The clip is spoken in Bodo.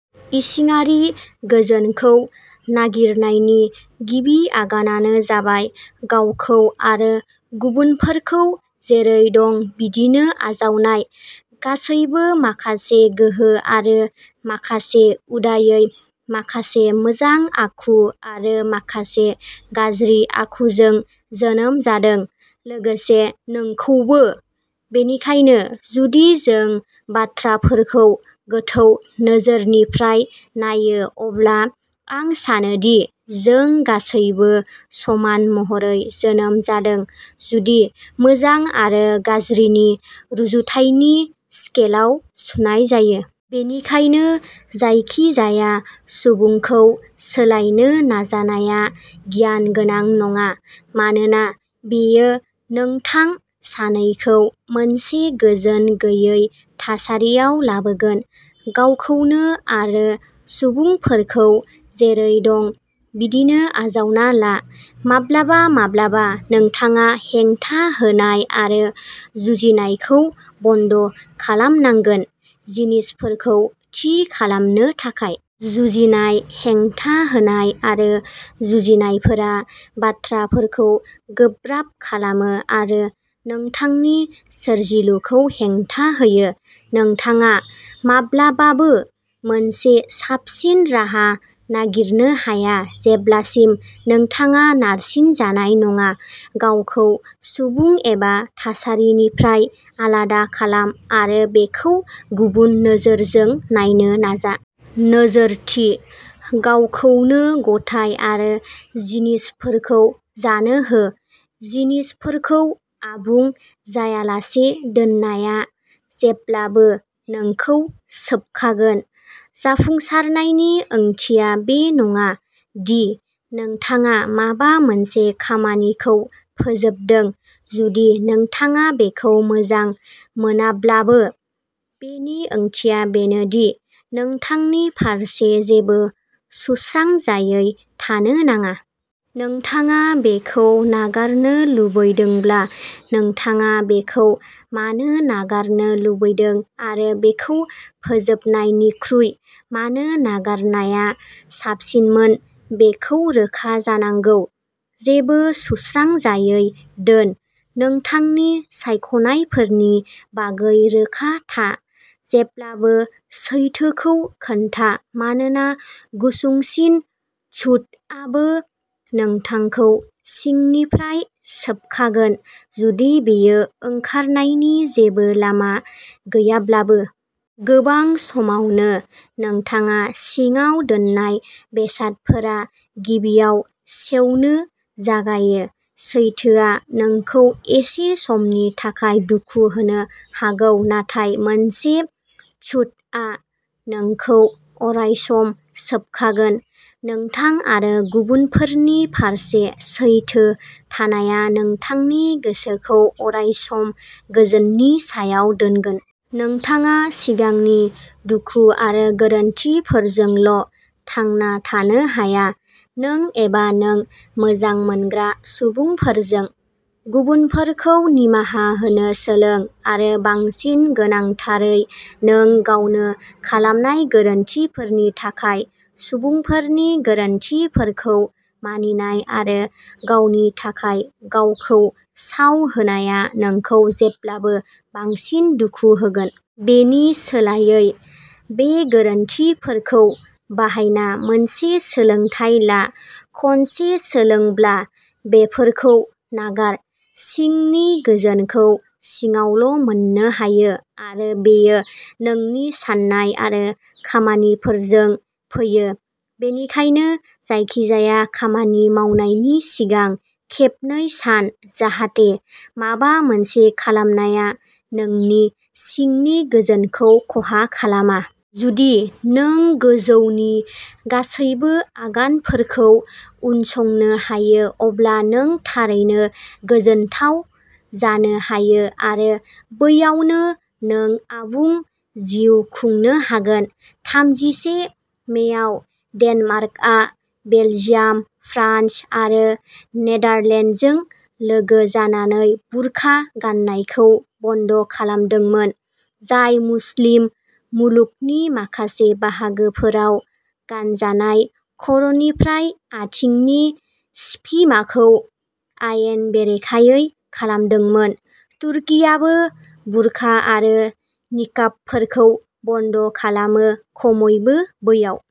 इसिङारि गोजोनखौ नागिरनायनि गिबि आगानानो जाबाय गावखौ आरो गुबुनफोरखौ जेरै दं बिदिनो आजावनाय। गासैबो माखासे गोहो आरो माखासे उदायै माखासे मोजां आखु आरो माखासे गाज्रि आखुजों जोनोम जादों लोगोसे नोंखौबो। बेनिखायनो जुदि जों बाथ्राफोरखौ गोथौ नोजोरनिफ्राय नायो अब्ला आं सानो दि जों गासैबो समान महरै जोनोम जादों जुदि मोजां आरो गाज्रिनि रुजुथायनि स्केलआव सुनाय जायो। बेनिखायनो जायखिजाया सुबुंखौ सोलायनो नाजानाया गियान गोनां नङा मानोना बेयो नोंथां सानैखौ मोनसे गोजोन गैयै थासारियाव लाबोगोन। गावखौनो आरो सुबुंफोरखौ जेरै दं बिदिनो आजावना ला। माब्लाबा माब्लाबा नोंथाङा हेंथा होनाय आरो जुजिनायखौ बन्द' खालामनांगोन जिनिसफोरखौ थि खालामनो थाखाय। जुजिनाय हेंथा होनाय आरो जुजिनायफोरा बाथ्राफोरखौ गोब्राब खालामो आरो नोंथांनि सोरजिलुखौ हेंथा होयो। नोंथाङा माब्लाबाबो मोनसे साबसिन राहा नागिरनो हाया जेब्लासिम नोंथाङा नारसिनजानाय नङा। गावखौ सुबुं एबा थासारिनिफ्राय आलादा खालाम आरो बेखौ गुबुन नोजोरजों नायनो नाजा। नोजोरथि। गावखौनो गथाय आरो जिनिसफोरखौ जानो हो। जिनिसफोरखौ आबुं जायालासे दोननाया जेब्लाबो नोंखौ सोबखागोन। जाफुंसारनायनि ओंथिया बे नङा दि नोंथाङा माबा मोनसे खामानिखौ फोजोबदों जुदि नोंथाङा बेखौ मोजां मोनाब्लाबो। बेनि ओंथिया बेनो दि नोंथांनि फारसे जेबो सुस्रांजायै थानो नाङा। नोंथाङा बेखौ नागारनो लुबैदोंब्ला नोंथाङा बेखौ मानो नागारनो लुबैदों आरो बेखौ फोजोबनायनिख्रुइ मानो नागारनाया साबसिनमोन बेखौ रोखा जानांगौ। जेबो सुस्रांजायै दोन। नोंथांनि सायख'नायफोरनि बागै रोखा था। जेब्लाबो सैथोखौ खोन्था मानोना गुसुंसिन झूठआबो नोंथांखौ सिंनिफ्राय सोबखागोन जुदि बेयो ओंखारनायनि जेबो लामा गैयाब्लाबो। गोबां समावनो नोंथाङा सिङाव दोननाय बेसादफोरा गिबियाव सेवनो जागायो। सैथोआ नोंखौ एसे समनि थाखाय दुखु होनो हागौ नाथाय मोनसे झूठआ नोंखौ अरायसम सोबखागोन। नोंथां आरो गुबुनफोरनि फारसे सैथो थानाया नोंथांनि गोसोखौ अरायसम गोजोननि सायाव दोनगोन। नोंथाङा सिगांनि दुखु आरो गोरोन्थिफोरजोंल' थांना थानो हाया। नों एबा नों मोजां मोनग्रा सुबुंफोरजों। गुबुनफोरखौ निमाहा होनो सोलों आरो बांसिन गोनांथारै नों गावनो खालामनाय गोरोन्थिफोरनि थाखाय सुबुंफोरनि गोरोन्थिफोरखौ मानिनाय आरो गावनि थाखाय गावखौ साव होनाया नोंखौ जेब्लाबो बांसिन दुखु होगोन। बेनि सोलायै बे गोरोन्थिफोरखौ बाहायना मोनसे सोलोंथाइ ला। खनसे सोलोंब्ला बेफोरखौ नागार। सिंनि गोजोनखौ सिङावल' मोन्नो हायो आरो बेयो नोंनि साननाय आरो खामानिफोरजों फैयो। बेनिखायनो जायखिजाया खामानि मावनायनि सिगां खेबनै सान जाहाथे माबा मोनसे खालामनाया नोंनि सिंनि गोजोनखौ खहा खालामा। जुदि नों गोजौनि गासैबो आगानफोरखौ उनसंनो हायो अब्ला नों थारैनो गोजोनथाव जानो हायो आरो बैयावनो नों आबुं जिउ खुंनो हागोन। थामजिसे मेआव डेनमार्कआ बेलजियाम, फ्रान्स आरो नेदारलेन्डजों लोगो जानानै बुरखा गाननायखौ बन्द खालामदोंमोन जाय मुस्लिम मुलुगनि माखासे बाहागोफोराव गानजानाय खर'निफ्राय आथिंनि सिफिमाखौ आयेन बेरेखायै खालामदोंमोन। तुर्कीआबो बुरखा आरो निकाबफोरखौ बन्द'खालामो खमैबो बेयाव।